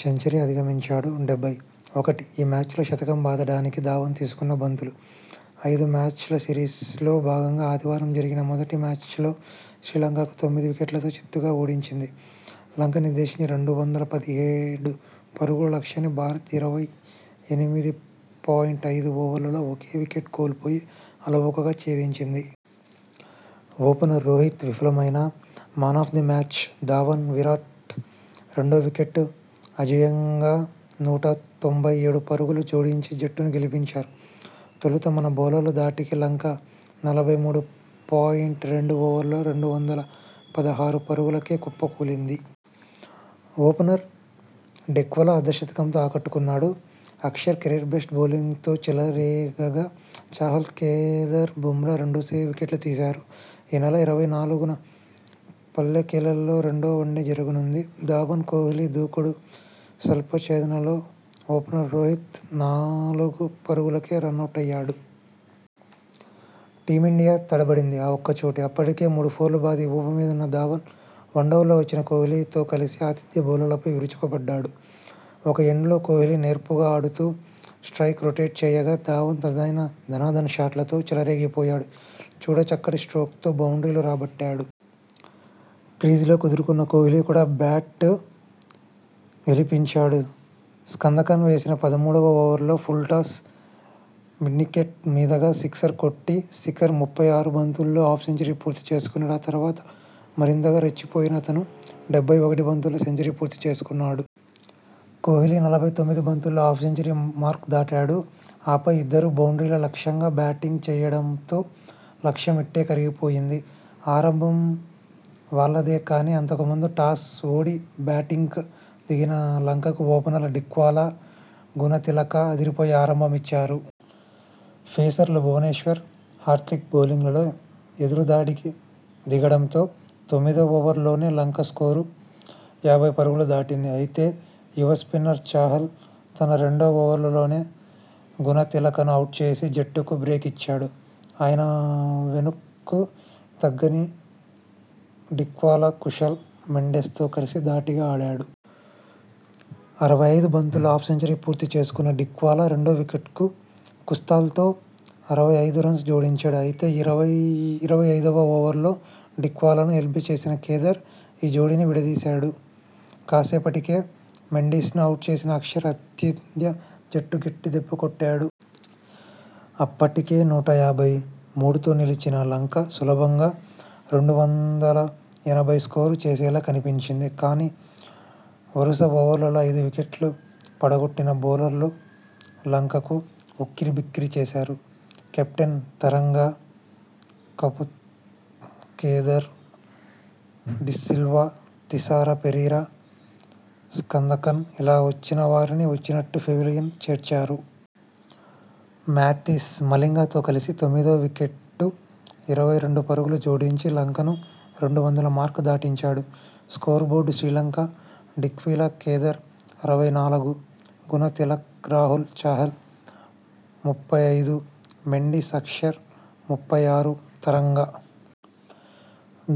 Century అధిగమించాడు డెబ్బై ఒకటి ఈ మ్యాచ్లో శతకం బాదడానికి ధవన్ తీసుకున్న బంతులు. ఐదు మ్యాచ్ల సిరీస్లో భాగంగా ఆది వారం జరిగిన మొదటి మ్యాచ్లో శ్రీలంకను తొమ్మిది వికెట్లతో చిత్తుగా ఓ డించింది. లంక నిర్దేశించిన రెండు వందల పదిహేడు పరుగుల లక్ష్యాన్ని భారత్ ఇరవై ఎనిమిది పాయింట్ ఐదు ఓవర్లలో ఒకే వికెట్ కోల్పోయి అలవోకగా ఛేదించింది. ఓపెనర్ రోహిత్ విఫలమైనా 'man of the match' Dhawan, Virat రెండో వికెట్కు అజేయంగా నూట తొంభై ఏడు పరుగులు జోడించి జట్టును గెలిపించారు. తొలుత మన బౌలర్ల ధాటికి లంక నలభై మూడు పాయింట్ రెండు ఓవర్లలో రెండు వందల పదహారు పరుగులకే కుప్పకూలింది. ఓపెనర్ డిక్వెలా అర్ధ శతకంతో ఆకట్టుకున్నాడు. అక్షర్ కెరీర్ బెస్ట్ బౌలింగ్తో తో చెలరేగగా, చాహల్, కేదార్, బుమ్రా రెండేసి వికెట్లు తీశారు. ఈనెల ఇరవై నాలుగున పల్లె కెలెలో రెండో వన్డే జరగనుంది. ధవన్, కోహ్లీ దూకుడు స్వల్ప ఛేదనలో ఓపెనర్ రోహిత్ నాలుగు పరుగులకే రనౌటయ్యాడు. టీమిండియా తడబడింది ఆ ఒక్కచోటే. అప్పటికే మూడు ఫోర్లు బాది ఊపు మీదున్న ధవన్ వన్డౌన్లో వచ్చిన కోహ్లీతో కలిసి ఆతి థ్య బౌలర్లపై విరుచుకుపడ్డాడు. ఒక ఎండ్లో కోహ్లీ నేర్పుగా ఆడుతూ స్ట్రయిక్ రొటేట్ చేయగా ధవన్ తనదైన ధనాధన్ షాట్లతో చెలరేగిపోయాడు. చూడ చక్కటి స్టోక్స్ తో బౌండ్రీలు రాబట్టాడు. క్రీజులో కుదురుకున్నాక కోహ్లీ కూడా బ్యాట్ ఝుళిపించాడు. సందకన్ వేసిన పదమూడువ ఓవర్లో పుల్షాట్తో మిడ్మికెట్ మీదుగా సిక్సర్ కొట్టిన శిఖర్ ముప్పై ఆరు బంతుల్లోనే హాఫ్ సెంచరీ పూర్తి చేసుకున్నాడు. ఆ తర్వాతా మరింతగా రెచ్చిపోయిన అతను డెబ్బై ఒకటి బంతుల్లోనే సెంచరీ పూర్తి చేసుకున్నాడు. కోహ్లీ నలభై తొమ్మిది బంతుల్లో హాఫ్ సెంచరీ మార్కు దాటాడు. ఆపై ఇద్దరూ బౌండ్రీలే లక్ష్యంగా బ్యాటింగ్ చేయడంతో లక్ష్యం ఇట్టే కరిగిపోయింది. ఆరంభం వాళ్లదే కానీ అంతకు ముందు టాస్ ఓడి బ్యాటింగ్కు దిగిన లంకకు ఓపెనర్లు డిక్వెలా, గుణతిలక అదిరిపోయే ఆరంభం ఇచ్చారు. పేసర్లు భువనేశ్వర్, హార్దిక్ బౌలింగ్లో ఎదురుదాడికి దిగడంతో తొమ్మిదో ఓవర్లోనే లంక స్కోరు యాభై పరుగులు దాటింది. అయితే, యువ స్పిన్నర్ చాహల్ తన రెండో ఓవర్లోనే గుణ తిలకను అవుట్ చేసి జట్టుకు బ్రేక్ ఇచ్చాడు. అయునా వెనక్కు తగ్గని డిక్వెలా కుశాల్ మెండిస్ తో కలిసి ధాటిగా ఆడాడు. అరవై ఐదు బంతుల్లో హాఫ్ సెంచరీ పూర్తి చేసుకున్న డిక్వెలా రెండో వికెట్కు కుశాల్తో అరవై ఐదు రన్స్ జోడించాడు. అయితే ఇరవై ఐదువ ఓవర్లో డిక్వెలాను ఎల్బీ చేసిన కేదార్ ఈ జోడీని విడదీశాడు. కాసేపటికే మెండిస్ను అవుట్ చేసిన అక్షర్ ఆతిథ్య జట్టును గట్టి దెబ్బకొట్టాడు. అప్పటికి నూట యాభై మూడుతో నిలిచిన లంక సులభంగా రెండు వందల ఎనభై స్కోరు చేసేలా కనిపించింది. కానీ, వరుస ఓవర్లలో ఐదు వికెట్లు పడగొట్టిన బౌలర్లు లంకను ఉక్కిరిబిక్కిరి చేశారు. కెప్టెన్ తరంగ, కపుగెదెర, డిసిల్వ, తిసార పెరీర, సందకన్ ఇలా వచ్చినవారిని వచ్చినట్టు పెవిలియన్ చేర్చారు. మాథ్యూస్ మలింగ తో కలిసి తొమ్మిదో వికెట్కు ఇరవై రెండు పరుగులు జోడించి లంకను రెండు వందల మార్కు దాటించాడు. స్కోరు బోర్డు శ్రీలంక డిక్వెలా కేదార్ అరవై నాలుగు, గుణ తిలక రాహుల్ చాహల్ ముప్పై ఐదు, మెండిస్ అక్షర్ ముప్పై ఆరు, తరంగ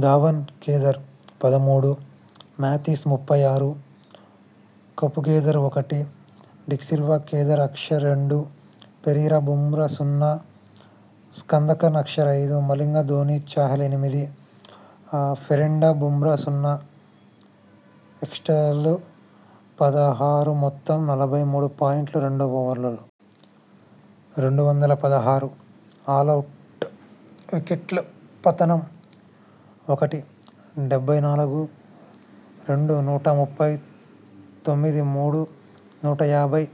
ధవన్ కేదార్ పదమూడు, మాథ్యూస్ ముప్పై ఆరు, కపుగెదెర ఒకటి, డిసిల్వ కేదార్ అక్షర్ రెండు, పెరీర బుమ్రా సున్నా, సందకన్ అక్షర్ ఐదు, మలింగ ధోనీ చాహల్ ఎనిమిది, ఫెర్నాండో బుమ్రా సున్నా ఎక్స్ట్రాలు పదహారు మొత్తం నలభై మూడు పాయింట్ రెండు ఓవర్లలో రెండు వందల పదహారు ఆలౌట్ వికెట్ల పతనం ఒకటి డెబ్బై నాలుగు, రెండు నూట ముప్పై తొమ్మిది, మూడు నూట యాభై,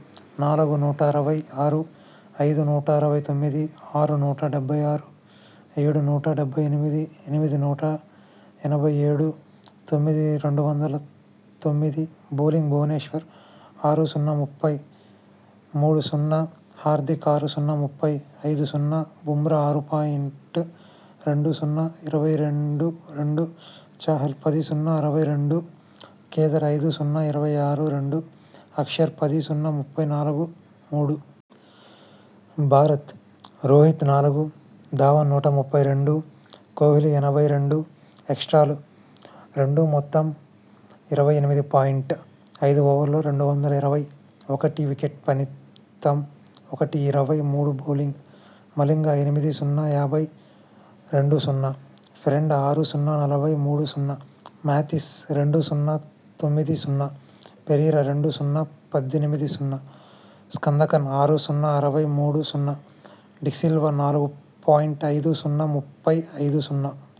నాలుగు నూట అరవై ఆరు, ఐదు నూట అరవై తొమ్మిది, ఆరు నూట డెబ్బై ఆరు, ఏడు నూట డెబ్బై ఎనిమిది, ఎనిమిది నూట ఎనభై ఏడు, తొమ్మిది రెండు వందల తొమ్మిది బౌలింగ్ భువనేశ్వర్ ఆరు-సున్నా-ముప్పై మూడు-సున్నా, హార్దిక్ ఆరు-సున్నా-ముప్పై ఐదు-సున్నా, బుమ్రా ఆరు పాయింట్ రెండు-సున్నా-ఇరవై రెండు-రెండు, చాహల్ పది-సున్నా-అరవై-రెండు, కేదార్ ఐదు-సున్నా-ఇరవై ఆరు-రెండు, అక్షర్ పది-సున్నా-ముప్పై నాలుగు-మూడు. భారత్ రోహిత్ నాలుగు, ధవన్ నూట ముప్పై రెండు, కోహ్లీ ఎనభై రెండు ఎక్స్ట్రాలు రెండు మొత్తం ఇరవై ఎనిమిది పాయింట్ ఐదు ఓవర్లలో రెండు వందల ఇరవై/ఒకటి వికెట్ పతనం ఒకటి-ఇరవై మూడు బౌలింగ్ మలింగ ఎనిమిది-సున్నా-యాభై రెండు-సున్నా, ఫెర్నాండో ఆరు-సున్నా-నలభై మూడు-సున్నా, మాథ్యూస్ రెండు-సున్నా-తొమ్మిది-సున్నా, పెరీర రెండు-సున్నా-పద్దెనిమిది-సున్నా, సందకన్ ఆరు-సున్నా-అరవై మూడు-సున్నా, డిసిల్వ నాలుగు పాయింట్ ఐదు-సున్నా-ముప్పై ఐదు-సున్నా.